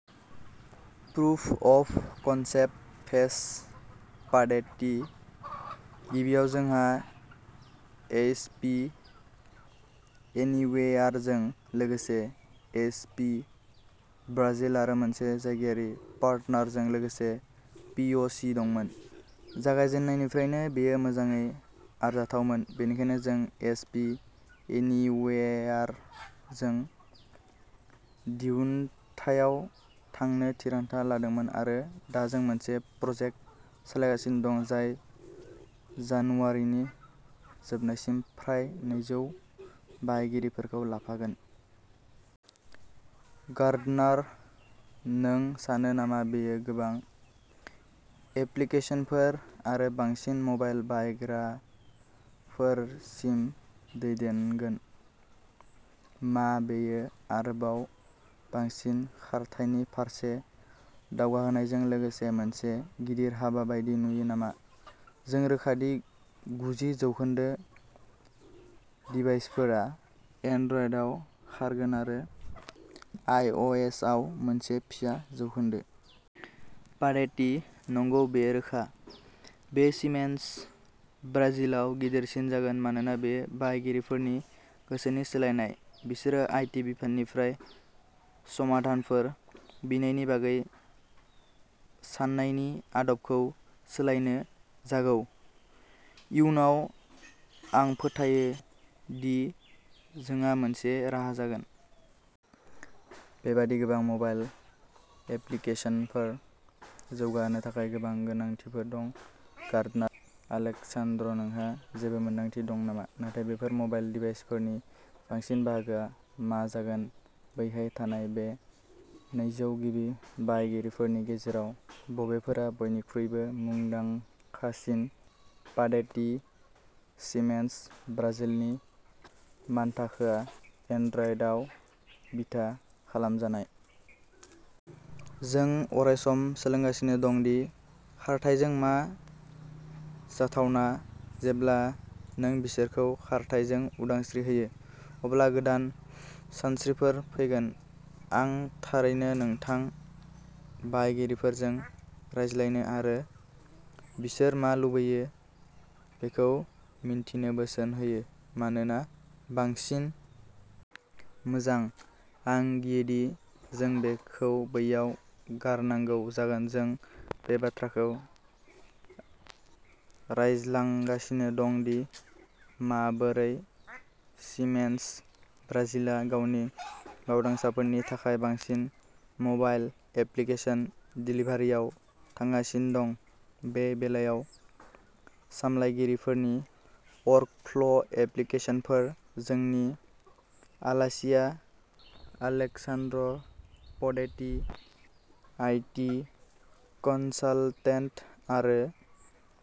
Proof of concept phase पाडेटि गिबियाव जोंहा एइच पि एनिवेयारजों लोगोसे एइच पि ब्राजिल आरो मोनसे जायगायारि पार्टनारजों लोगोसे पि अ सि दंमोन। जागायजेन्नायनिफ्रायनो बेयो मोजाङै आरजाथावमोन बेनिखायनो जों एच पि एनिवेयारजों दिहुनथायाव थांनो थिरांथा लादोंमोन आरो दा जों मोनसे प्रजेक्ट सालायगासिनो दं जाय जानुवारिनि जोबनायसिम फ्राय नैजौ बाहायगिरिफोरखौ लाफागोन। गार्डनार नों सानो नामा बेयो गोबां एप्लिकेशनफोर आरो बांसिन म'बाइल बाहायग्राफोरसिम दैदेनगोन मा बेयो आरोबाव बांसिन खारथाइनि फारसे दावगाहोनायजों लोगोसे मोनसे गिदिर हाबा बायदि नुयो नामा जों रोखा दि गुजि जौखोन्दो डिभाइसफोरा एन्ड्रइडआव खारगोन आरो आइ अ एस आव मोनसे फिसा जौखोन्दो। पाडेटि नंगौ बेयो रोखा। बेयो सिमेन्स ब्राजिलाव गिदिरसिन जागोन मानोना बेयो बाहायगिरिफोरनि गोसोनि सोलायनाय बिसोरो आइ टि बिफाननिफ्राय समाधानफोर बिनायनि बागै सान्नायनि आदबखौ सोलायनो जागौ। इयुनाव आं फोथायो दि जोंहा मोनसे राहा जागोन। बेबादि गोबां मबाइल एप्लिकेसनफोर जौगाहोनो थाखाय गोबां गोनांथिफोर दं गार्डनार आलेक्सान्द्र नोंहा जेबो मोनदांथि दं नामा नाथाय बेफोर मबाइल डिभाइसफोरनि बांसिन बाहागोआ मा जागोन बैहाय थानाय बे नैजौ गिबि बाहायगिरिफोरनि गेजेराव बबेफोरा बयनिख्रुइबो मुंदांखासिन पाडेति सिमेन्स ब्राजिलनि मानथाखोआ एन्ड्रइडआव बिथा खालामजानाय। जों अरायसम सोलोंगासिनो दं दि खारथाइजों मा जाथावना जेब्ला नों बिसोरखौ खारथाइजों उदांस्रि होयो अब्ला गोदान सानस्रिफोर फैगोन आं थारैनो नोंथां बाहायगिरिफोरजों रायज्लायनो आरो बिसोर मा लुबैयो बेखौ मिन्थिनो बोसोन होयो मानोना बांसिन मोजां आं गियोदि जों बेखौ बैयाव गारनांगौ जागोन जों बे बाथ्राखौ रायज्लांगासिनो दं दि माबोरै सिमेन्स ब्राजिलआ गावनि मावदांसाफोरनि थाखाय बांसिन मबाइल एप्लिकेसन देलिभारिआव थांगासिनो दं बे बेलायाव सामलायगिरिफोरनो वर्कफ्ल'एप्लिकेसनफोर जोंनि आलासिआ आलेक्सान्द्र पडेति आईटी कनसालटेन्ट आरो